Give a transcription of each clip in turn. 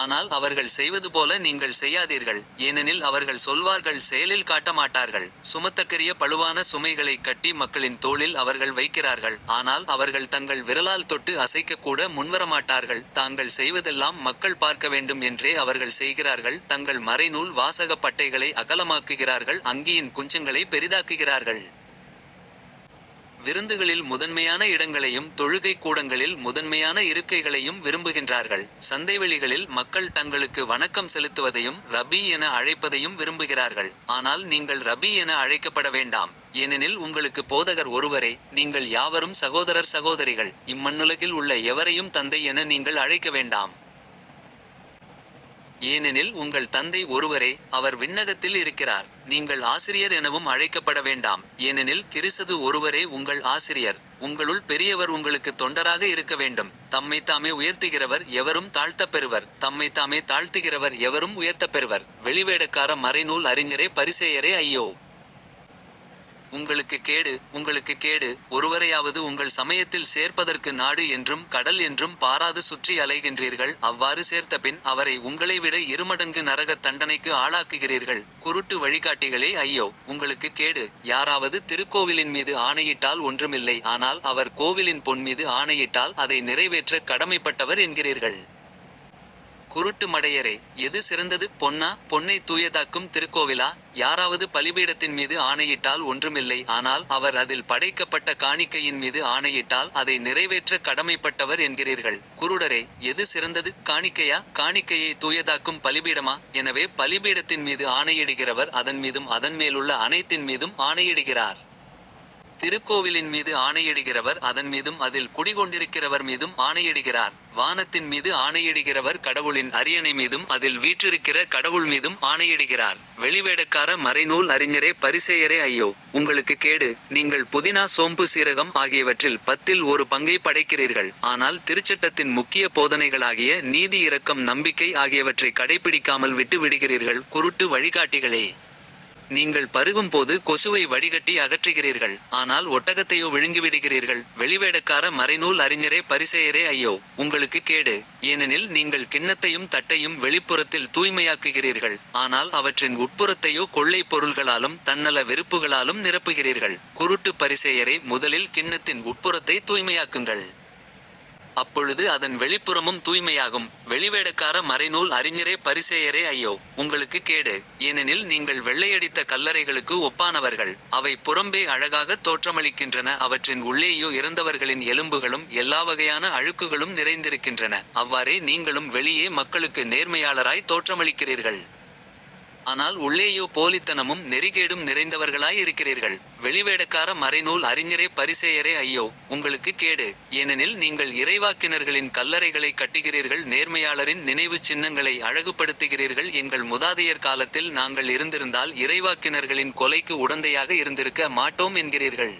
ஆனால் அவர்கள் செய்வதுபோல நீங்கள் செய்யாதீர்கள். ஏனெனில் அவர்கள் சொல்வார்கள் செயலில் காட்ட மாட்டார்கள். சுமத்தற்கரிய பளுவான சுமைகளைக் கட்டி மக்களின் தோளில் அவர்கள் வைக்கிறார்கள் ஆனால் அவர்கள் தங்கள் விரலால் தொட்டு அசைக்கக் கூட முன்வரமாட்டார்கள். தாங்கள் செய்வதெல்லாம் மக்கள் பார்க்க வேண்டும் என்றே அவர்கள் செய்கிறார்கள் தங்கள் மறைநூல் வாசகப் பட்டைகளை அகலமாக்குகிறார்கள் அங்கியின் குஞ்சங்களைப் பெரிதாக்குகிறார்கள். விருந்துகளில் முதன்மையான இடங்களையும் தொழுகைக் கூடங்களில் முதன்மையான இருக்கைகளையும் விரும்புகின்றார்கள். சந்தைவெளிகளில் மக்கள் தங்களுக்கு வணக்கம் செலுத்துவதையும் ரபி என அழைப்பதையும் விரும்புகிறார்கள். ஆனால் நீங்கள் ரபி என அழைக்கப்பட வேண்டாம். ஏனெனில் உங்களுக்குப் போதகர் ஒருவரே. நீங்கள் யாவரும் சகோதரர் சகோதரிகள். இம்மண்ணுலகில் உள்ள எவரையும் தந்தை என நீங்கள் அழைக்க வேண்டாம். ஏனெனில் உங்கள் தந்தை ஒருவரே. அவர் விண்ணகத்தில் இருக்கிறார். நீங்கள் ஆசிரியர் எனவும் அழைக்கப்பட வேண்டாம். ஏனெனில் கிறிஸது ஒருவரே உங்கள் ஆசிரியர். உங்களுள் பெரியவர் உங்களுக்குத் தொண்டராக இருக்க வேண்டும். தம்மைத்தாமே உயர்த்துகிறவர் எவரும் தாழ்த்தப்பெறுவர். தம்மைத்தாமே தாழ்த்துகிறவர் எவரும் உயர்த்தப்பெறுவர். வெளிவேடக்கார மறைநூல் அறிஞரே பரிசேயரே ஐயோ. உங்களுக்குக் கேடு. உங்களுக்குக் கேடு. ஒருவரையாவது உங்கள் சமயத்தில் சேர்ப்பதற்கு நாடு என்றும் கடல் என்றும் பாராது சுற்றி அலைகின்றீர்கள் அவ்வாறு சேர்த்த பின் அவரை உங்களைவிட இருமடங்கு நரகத் தண்டனைக்கு ஆளாக்குகிறீர்கள். குருட்டு வழிகாட்டிகளே ஐயோ. உங்களுக்குக் கேடு. யாராவது திருக்கோவிலின்மீது ஆணையிட்டால் ஒன்றுமில்லை ஆனால் அவர் கோவிலின் பொன்மீது ஆணையிட்டால் அதை நிறைவேற்றக் கடமைப்பட்டவர் என்கிறீர்கள். குருட்டு மடையரே. எது சிறந்தது? பொன்னா? பொன்னைத் தூயதாக்கும் திருக்கோவிலா? யாராவது பலிபீடத்தின்மீது ஆணையிட்டால் ஒன்றுமில்லை ஆனால் அவர் அதில் படைக்கப்பட்ட காணிக்கையின்மீது ஆணையிட்டால் அதை நிறைவேற்றக் கடமைப்பட்டவர் என்கிறீர்கள். குருடரே. எது சிறந்தது? காணிக்கையா? காணிக்கையைத் தூயதாக்கும் பலிபீடமா? எனவே பலிபீடத்தின்மீது ஆணையிடுகிறவர் அதன்மீதும் அதன்மேலுள்ள அனைத்தின்மீதும் ஆணையிடுகிறார். திருக்கோவிலின்மீது ஆணையிடுகிறவர் அதன்மீதும் அதில் குடிகொண்டிருக்கிறவர்மீதும் ஆணையிடுகிறார். வானத்தின் மீது ஆணையிடுகிறவர் கடவுளின் அரியணைமீதும் அதில் வீற்றிருக்கிற கடவுள்மீதும் ஆணையிடுகிறார். வெளிவேடக்கார மறைநூல் அறிஞரே பரிசேயரே ஐயோ. உங்களுக்குக் கேடு. நீங்கள் புதினா சோம்பு சீரகம் ஆகியவற்றில் பத்தில் ஒரு பங்கைப் படைக்கிறீர்கள். ஆனால் திருச்சட்டத்தின் முக்கிய போதனைகளாகிய நீதி இரக்கம் நம்பிக்கை ஆகியவற்றைக் கடைப்பிடிக்காமல் விட்டு விடுகிறீர்கள் குருட்டு வழிகாட்டிகளே. நீங்கள் பருகும் போது கொசுவை வடிகட்டி அகற்றுகிறீர்கள். ஆனால் ஒட்டகத்தையோ விழுங்கிவிடுகிறீர்கள். வெளிவேடக்கார மறைநூல் அறிஞரே பரிசேயரே ஐயோ. உங்களுக்குக் கேடு. ஏனெனில் நீங்கள் கிண்ணத்தையும் தட்டையும் வெளிப்புறத்தில் தூய்மையாக்குகிறீர்கள். ஆனால் அவற்றின் உட்புறத்தையோ கொள்ளைப் பொருள்களாலும் தன்னல விருப்புகளாலும் நிரப்புகிறீர்கள். குருட்டுப் பரிசேயரே முதலில் கிண்ணத்தின் உட்புறத்தைத் தூய்மையாக்குங்கள். அப்பொழுது அதன் வெளிப்புறமும் தூய்மையாகும். வெளிவேடக்கார மறைநூல் அறிஞரே பரிசேயரே ஐயோ. உங்களுக்குக் கேடு. ஏனெனில் நீங்கள் வெள்ளையடித்த கல்லறைகளுக்கு ஒப்பானவர்கள். அவை புறம்பே அழகாகத் தோற்றமளிக்கின்றன அவற்றின் உள்ளேயோ இறந்தவர்களின் எலும்புகளும் எல்லாவகையான அழுக்குகளும் நிறைந்திருக்கின்றன. அவ்வாறே நீங்களும் வெளியே மக்களுக்கு நேர்மையாளராய்த் தோற்றமளிக்கிறீர்கள். ஆனால் உள்ளேயோ போலித்தனமும் நெறிகேடும் நிறைந்தவர்களாய் இருக்கிறீர்கள். வெளிவேடக்கார மறைநூல் அறிஞரே பரிசேயரே ஐயோ. உங்களுக்குக் கேடு. ஏனெனில் நீங்கள் இறைவாக்கினர்களின் கல்லறைகளைக் கட்டுகிறீர்கள் நேர்மையாளரின் நினைவுச் சின்னங்களை அழகுப்படுத்துகிறீர்கள் எங்கள் முதாதையர் காலத்தில் நாங்கள் இருந்திருந்தால் இறைவாக்கினர்களின் கொலைக்கு உடந்தையாக இருந்திருக்க மாட்டோம் என்கிறீர்கள்.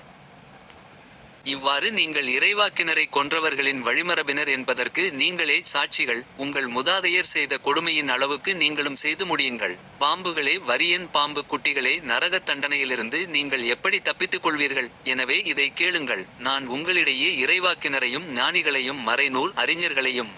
இவ்வாறு நீங்கள் இறைவாக்கினரைக் கொன்றவர்களின் வழிமரபினர் என்பதற்கு நீங்களே சாட்சிகள். உங்கள் முதாதையர் செய்த கொடுமையின் அளவுக்கு நீங்களும் செய்து முடியுங்கள். பாம்புகளே வரியன் பாம்புக் குட்டிகளே நரகத் தண்டனையிலிருந்து நீங்கள் எப்படித் தப்பித்துக்கொள்வீர்கள்? எனவே இதைக் கேளுங்கள். நான் உங்களிடையே இறைவாக்கினரையும் ஞானிகளையும் மறைநூல் அறிஞர்களையும்